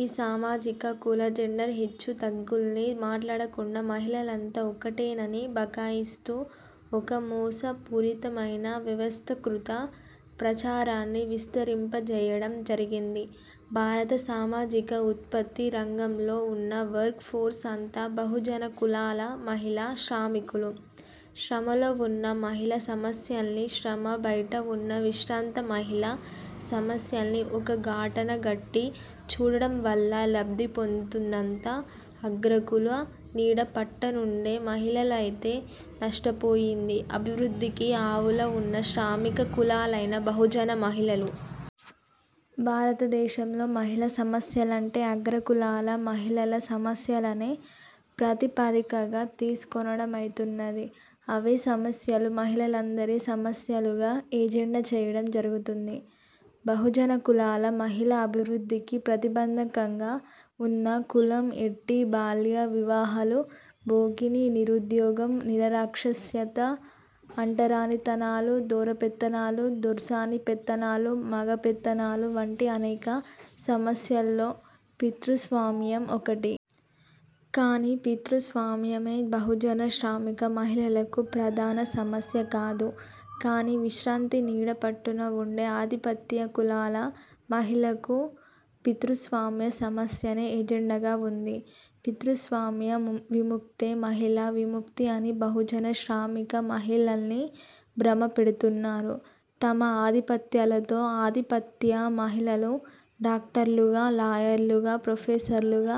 ఈ సామాజిక కుల జెండర్ హెచ్చుతగ్గుల్ని మాట్లాడకుండా, మహిళలంతా ఒక్కటేనని బుకాయిస్తూ ఒక మోసపూరితమైన వ్యవస్థీకృత ప్రచారాన్ని విస్తరింప జేయడం జరిగింది. భారత సామాజిక ఉత్పత్తి రంగంలో వున్న వర్క్ ఫోర్స్ అంతా బహుజన కులాల మహిళా శ్రామికులు. శ్రమలో వున్న మహిళా సమస్యల్ని, శ్రమ బైట వున్న విశ్రాంత మహిళా సమస్యల్ని ఒక గాటన గట్టి చూడడం వల్ల లబ్ధి పొందిందంతా అగ్రకుల నీడ పట్టునుండే మహిళలైతే, నష్టపోయింది అభివృద్ధికి ఆవల వున్న శ్రామిక కులాలైన బహుజన మహిళలు. భారతదేశంలో మహిళా సమస్యలంటే అగ్రకులాల మహిళల సమస్యలనే ప్రాతిపదికగా తీసుకొనడమైతున్నది, అవే సమస్యలు మహిళలందరి సమస్యలుగా ఎజెండా చేయడం జరుగుతుంది. బహుజన కులాల మహిళల అభివృద్ధికి ప్రతిబంధకంగా వున్న కులం, యెట్టి, బాల్య వివాహాలు, జోగినీ, నిరుద్యోగం, నిరక్షరాస్యత, అంటరానితనాలు, దొరపెత్తనాలు, దొర్సాని పెత్తనాలు, మగ పెత్తనాలు వంటి అనేక సమస్యల్లో పితృస్వామ్యం ఒకటి. కానీ పితృస్వామ్యమే బహుజన శ్రామిక మహిళకు ప్రధాన సమస్య కాదు. కానీ విశ్రాంతి నీడ పట్టున వుండే ఆధిపత్య కులాల మహిళకు పితృస్వామ్య సమస్యనే ఎజెండాగా వుంది. పితృస్వామ్య విముక్తే మహిళా విముక్తి అని బహుజన శ్రామిక మహిళల్ని భ్రమ పెడుతున్నారు తమ ఆధిపత్యాలతో. ఆధిపత్య మహిళలు డాక్టర్లుగా, లాయర్లుగా, ప్రొఫెసర్లుగా,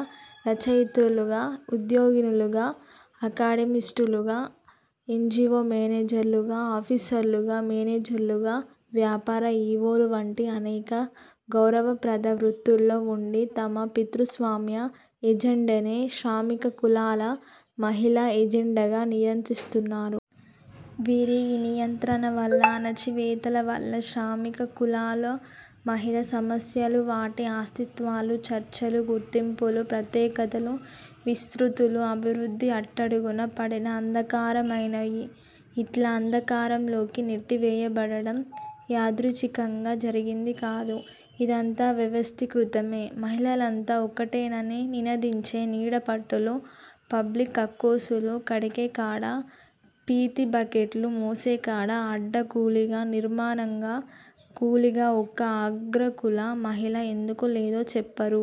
రచయిత్రులుగా, ఉద్యోగినులుగా అకాడమిస్టులుగా, ఎన్జీవో మేనేజర్లుగా, ఆఫీసర్లుగా, మేనేజర్లుగా, వ్యాపార ఈవోలు వంటి అనేక గౌరవప్రద వృత్తుల్లో వుండి తమ పితృస్వామ్య ఎజెండానే శ్రామిక కులాల మహిళా ఎజెండాగా నియంత్రిస్తున్నారు. వీరి ఈ నియంత్రణ వల్ల అణచివేతల వల్ల శ్రామిక కులాల మహిళా సమస్యలు వాటి అస్తిత్వాలు, చర్చలు, గుర్తింపులు, ప్రత్యేకతలు, విస్తృతులు అభివృద్ధి అట్టడుగున పడిన అంధకారమైనాయి. ఇట్లా అంధకారంలోకి నెట్టివేయబడడం యాదృచ్ఛికంగా జరిగింది కాదు, యిదంతా వ్యవస్థీకృతమే. మహిళలంతా ఒక్కటేనని నినదించే నీడపట్టులు– పబ్లిక్ కక్కోసులు కడిగే కాడ, పీతి బకెట్లు మోసే కాడ, అడ్డా కూలీగా, నిర్మాణరంగ కూలీగా ఒక్క అగ్రకుల మహిళ ఎందుకు లేదో చెప్పరు.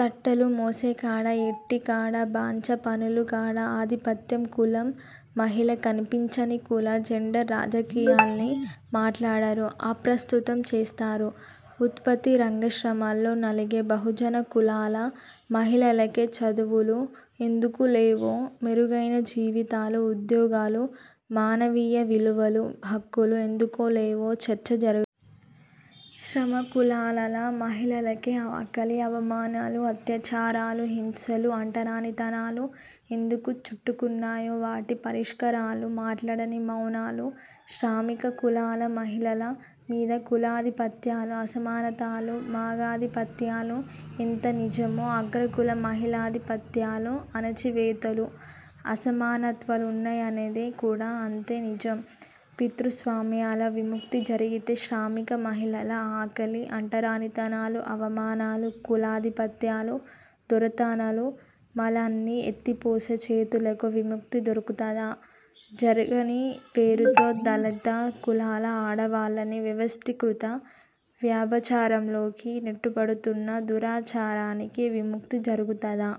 తట్టలు మోసే కాడ, యెట్టి కాడ, బాంచ పనుల కాడ ఆధిపత్య కులం మహిళ కనిపించని కుల జెండర్ రాజకీయాల్ని మాట్లాడరు, అప్రస్తుతం చేస్తరు. ఉత్పత్తి రంగ శ్రమల్లో నలిగే బహుజన కులాల మహిళలకే చదువులు ఎందుకు లేవో, మెరుగైన జీవితాలు, ఉద్యోగాలు, మానవీయ విలువలు, హక్కులు ఎందుకులేవో చర్చ జర శ్రమకులాల మహిళలకే ఆకలి, అవమానాలు, అత్యాచారాలు, హింసలు, అంటరానితనాలు ఎందుకు చుట్టుకున్నాయో వాటి పరిష్కారాలు మాట్లాడని మౌనాలు. శ్రామిక కులాల మహిళల మీద కులాధిపత్యాలు, అసమానతలు, మగాధిపత్యాలు ఎంత నిజమో, అగ్రకుల మహిళాధిపత్యాలు, అణచివేతలు, అసమానత్వాలున్నాయనేది కూడా అంతే నిజం. పితృస్వామ్యాల విముక్తి జరిగితే శ్రామిక మహిళల ఆకలి, అంటరానితనాలు, అవమానాలు, కులాధిపత్యాలు, దొరతనాలు, మలాన్ని ఎత్తిపోసే చేతులకు విముక్తి దొర్కుతదా, జోగినీ పేరుతో దళిత కులాల ఆడవాళ్లని వ్యవస్థీకృత వ్యభిచారంలోకి నెట్టబడుతున్న దురాచారానికి విముక్తి జరుగుతదా!